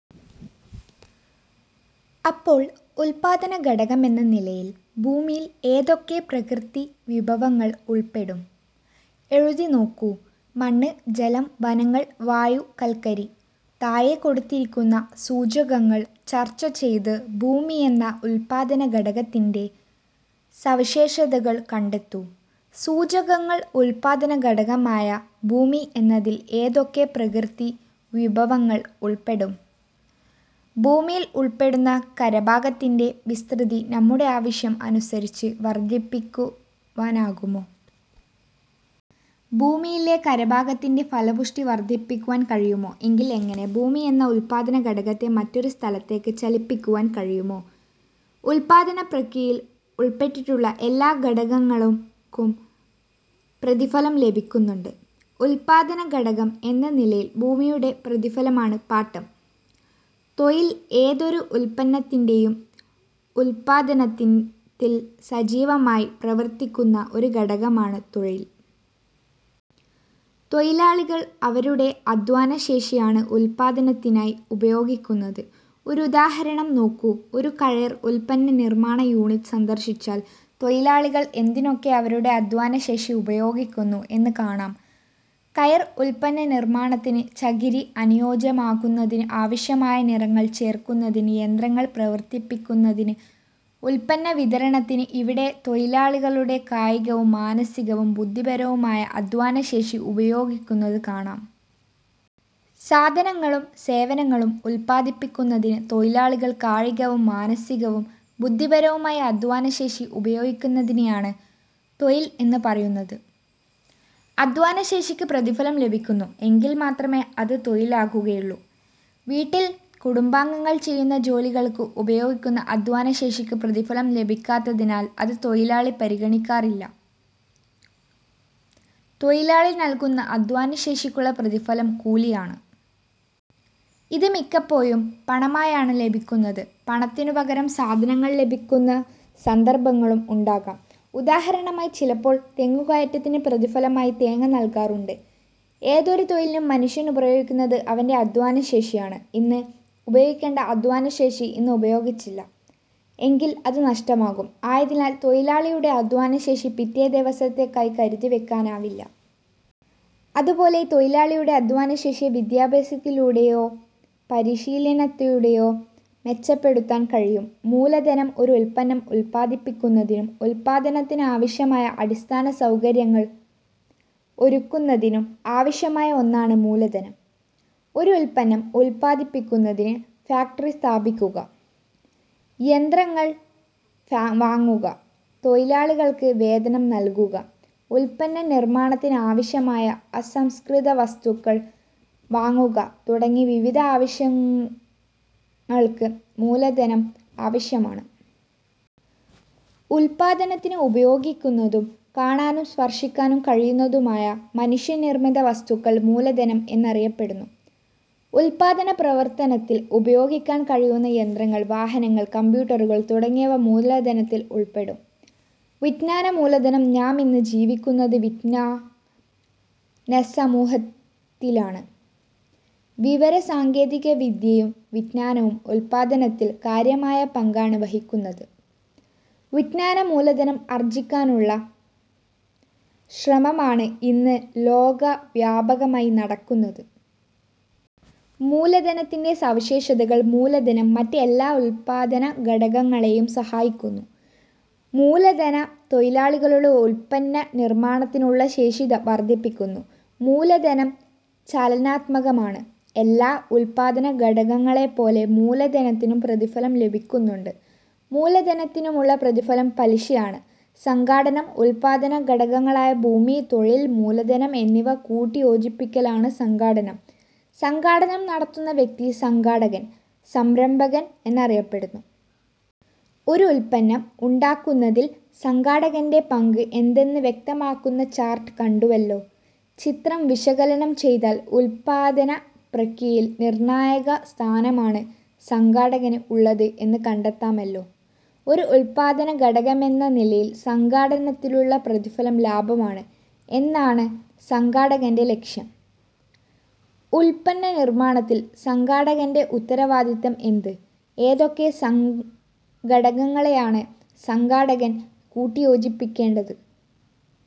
അപ്പോൾ ഉല്പാദനഘടകമെന്ന നിലയിൽ ഭൂമിയിൽ ഏതൊക്കെ പ്രകൃതിവിഭവങ്ങൾ ഉൾപ്പെടും? എഴുതിനോക്കൂ. മണ്ണ്, ജലം, വനങ്ങൾ, വായു, കൽക്കരി. താഴെ കൊടുത്തിരിക്കുന്ന സൂചകങ്ങൾ ചർച്ച ചെയ്ത് ഭൂമി എന്ന ഉല്പാദനഘടകത്തിന്റെ സവിശേഷതകൾ കണ്ടെത്തൂ. സൂചകങ്ങൾ ഉല്പാദന ഘടകമായ ഭൂമി എന്നതിൽ ഏതൊക്കെ പ്രകൃതിവിഭവങ്ങൾ ഉൾപ്പെടും? ഭൂമിയിൽ ഉൾപ്പെടുന്ന കരഭാഗത്തിന്റെ വിസ്തൃതി നമ്മുടെ ആവശ്യം അനുസരിച്ച് വർദ്ധിപ്പിക്കുവാനാകുമോ? ഭൂമിയിലെ കരഭാഗത്തിന്റെ ഫലപുഷ്ടി വർദ്ധിപ്പിക്കുവാൻ കഴിയുമോ? എങ്കിൽ എങ്ങനെ? ഭൂമി എന്ന ഉല്പാദനഘടകത്തെ മറ്റൊരു സ്ഥലത്തേക്ക് ചലിപ്പി ക്കുവാൻ കഴിയുമോ? ഉല്പാദനപ്രക്രിയയിൽ ഉൾപ്പെട്ടിട്ടുള്ള എല്ലാ ഘടകങ്ങൾക്കും പ്രതിഫലം ലഭിക്കുന്നുണ്ട്. ഉല്പാദനഘടകം എന്ന നിലയിൽ ഭൂമിയുടെ പ്രതിഫലമാണ് പാട്ടം. തൊഴിൽ ഏതൊരു ഉല്പന്നത്തിന്റെയും ഉല്പാദനത്തിൽ സജീവമായി പ്രവർത്തിക്കുന്ന ഒരു ഘടകമാണ് തൊഴിൽ. തൊഴിലാളികൾ അവരുടെ അദ്ധ്വാനശേഷിയാണ് ഉല്പാദനത്തിനായി ഉപയോഗിക്കുന്നത്. ഒരു ഉദാഹരണം നോക്കൂ. ഒരു കയർ ഉല്പന്ന നിർമ്മാണ യൂണിറ്റ് സന്ദർശിച്ചാൽ തൊഴിലാളികൾ എന്തിനൊക്കെ അവരുടെ അദ്ധ്വാന ശേഷി ഉപയോഗിക്കുന്നു എന്ന് കാണാം കയർ ഉല്പന്നനിർമ്മാണത്തിന് ചകിരി അനുയോജ്യമാക്കുന്നതിന്. ആവശ്യമായ നിറങ്ങൾ ചേർക്കുന്നതിന്. യന്ത്രങ്ങൾ പ്രവർത്തിപ്പിക്കുന്നതിന് ഉല്പന്നവിതരണത്തിന്. ഇവിടെ തൊഴിലാളികളുടെ കായികവും മാനസികവും ബുദ്ധിപരവുമായ അദ്ധ്വാനശേഷി ഉപയോഗിക്കുന്നത് കാണാം. സാധനങ്ങളും സേവനങ്ങളും ഉല്പാദിപ്പിക്കുന്നതിന് തൊഴിലാളികൾ കായികവും മാനസികവും ബുദ്ധിപരവുമായി അധ്വാനശേഷി ഉപയോഗിക്കുന്നതിനെയാണ് തൊഴിൽ എന്നു പറയുന്നത്. അധ്വാനശേഷിക്ക് പ്രതിഫലം ലഭിക്കുന്നു എങ്കിൽ മാത്രമേ അത് തൊഴിലാകുകയുള്ളൂ. വീട്ടിൽ കുടുംബാംഗങ്ങൾ ചെയ്യുന്ന ജോലികൾക്ക് ഉപയോഗിക്കുന്ന അധ്വാന ശേഷിക്ക് പ്രതിഫലം ലഭിക്കാത്തതിനാൽ അത് തൊഴിലായി പരിഗണിക്കാറില്ല. തൊഴിലാളി നൽകുന്ന അദ്ധ്വാനശേഷിക്കുള്ള പ്രതിഫലം കൂലിയാണ്. ഇത് മിക്കപ്പോഴും പണമായാണ് ലഭിക്കുന്നത്. പണത്തിനു പകരം സാധനങ്ങൾ ലഭിക്കുന്ന സന്ദർഭങ്ങളും ഉണ്ടാകാം. ഉദാഹരണമായി ചിലപ്പോൾ തെങ്ങുകയറ്റത്തിന് പ്രതിഫലമായി തേങ്ങ നൽകാറുണ്ട്. ഏതൊരു തൊഴിലിനും മനുഷ്യൻ പ്രയോഗിക്കുന്നത് അവന്റെ അദ്ധ്വാനശേഷിയാണ്. ഇന്ന് ഉപയോഗിക്കേണ്ട അദ്ധ്വാനശേഷി ഇന്ന് ഉപയോഗിച്ചില്ല എങ്കിൽ അത് നഷ്ടമാകും. ആയതിനാൽ തൊഴിലാളി യുടെ അദ്ധ്വാനശേഷി പിറ്റേ ദിവസത്തേക്കായി കരുതി വയ്ക്കാനാവില്ല. അതുപോലെ തൊഴിലാളിയുടെ അധ്വാനശേഷിയെ വിദ്യാഭ്യാസത്തിലൂടെയോ പരിശീലനത്തിലൂടെയോ മെച്ചപ്പെടുത്താൻ കഴിയും. മൂലധനം ഒരു ഉല്പന്നം ഉല്പാദിപ്പിക്കുന്നതിനും ഉല്പാദനത്തിന് ആവശ്യമായ അടിസ്ഥാനസൗകര്യങ്ങൾ ഒരുക്കുന്നതിനും ആവശ്യമായ ഒന്നാണ് മൂലധനം. ഒരു ഉല്പന്നം ഉല്പാദിപ്പിക്കുന്നതിന് ഫാക്ടറി സ്ഥാപിക്കുക, യന്ത്രങ്ങൾ വാങ്ങുക, തൊഴിലാളികൾക്ക് വേതനം നൽകുക, ഉല്പന്ന നിർമ്മാണത്തിന് ആവശ്യമായ അസംസ്കൃതവസ്തുക്കൾ വാങ്ങുക തുടങ്ങി വിവിധ ആവശ്യങ്ങൾക്ക് മൂലധനം ആവശ്യമാണ്. ഉല്പാദനത്തിന് ഉപയോഗിക്കുന്നതും കാണാനും സ്പർശിക്കാനും കഴിയുന്നതുമായ മനുഷ്യനിർമ്മിത വസ്തുക്കൾ മൂലധനം എന്നറിയപ്പെടുന്നു. ഉല്പാദന പ്രവർത്തനത്തിൽ ഉപയോഗിക്കാൻ കഴിയുന്ന യന്ത്രങ്ങൾ, വാഹനങ്ങൾ, കമ്പ്യൂട്ടറുകൾ തുടങ്ങിയവ മൂലധനത്തിൽ ഉൾപ്പെടും. വിജ്ഞാനമൂലധനം നാമിന്ന് ജീവിക്കുന്നത് വിജ്ഞാ നസമൂഹത്തിലാണ്. വിവരസാങ്കേതിക വിദ്യയും വിജ്ഞാനവും ഉല്പാദനത്തിൽ കാര്യമായ പങ്കാണ് വഹിക്കുന്നത്. വിജ്ഞാനമൂലധനം ആർജ്ജിക്കാനുള്ള ശ്രമമാണ് ഇന്ന് ലോകവ്യാപകമായി നടക്കുന്നത്. മൂലധനത്തിന്റെ സവിശേഷതകൾ മൂലധനം മറ്റ് എല്ലാ ഉല്പാദനഘടകങ്ങളേയും സഹായിക്കുന്നു. മൂലധനം തൊഴിലാളികളുടെ ഉല്പന്ന നിർമ്മാണത്തിനുള്ള ശേഷി വർദ്ധിപ്പിക്കുന്നു. മൂലധനം ചലനാത്മകമാണ്. എല്ലാ ഉല്പാദനഘടകങ്ങളെപ്പോലെ മൂലധനത്തിനും പ്രതിഫലം ലഭിക്കുന്നുണ്ട്. മൂലധനത്തിനുള്ള പ്രതിഫലം പലിശയാണ്. സംഘാടനം ഉല്പാദന ഘടകങ്ങളായ ഭൂമി, തൊഴിൽ, മൂലധനം എന്നിവ കൂട്ടിയോജിപ്പിക്കലാണ് സംഘാടനം. സംഘാടനം നടത്തുന്ന വ്യക്തി സംഘാടകൻ/സംരംഭകൻ എന്നറിയപ്പെടുന്നു. ഒരു ഉല്പന്നം ഉണ്ടാക്കുന്നതിൽ സംഘാടകന്റെ പങ്ക് എന്തെന്ന് വ്യക്തമാക്കുന്ന ചാർട്ട് കണ്ടുവല്ലോ. ചിത്രം വിശകലനം ചെയ്താൽ ഉല്പാദനപ്രക്രിയയിൽ നിർണ്ണായകസ്ഥാനമാണ് സംഘാടകന് ഉള്ളത് എന്ന് കണ്ടെത്താമല്ലോ. ഒരു ഉല്പാദനഘടകമെന്ന നിലയിൽ സംഘാടനത്തിനുള്ള പ്രതിഫലം ലാഭമാണ്. എന്താണ് സംഘാടകന്റെ ലക്ഷ്യം? ഉല്പന്ന നിർമ്മാണത്തിൽ സംഘാടകന്റെ ഉത്തരവാദിത്വം എന്ത്? ഏതൊക്കെ ഘടകങ്ങളെയാണ് സംഘാടകൻ കൂട്ടിയോജിപ്പിക്കേണ്ടത്?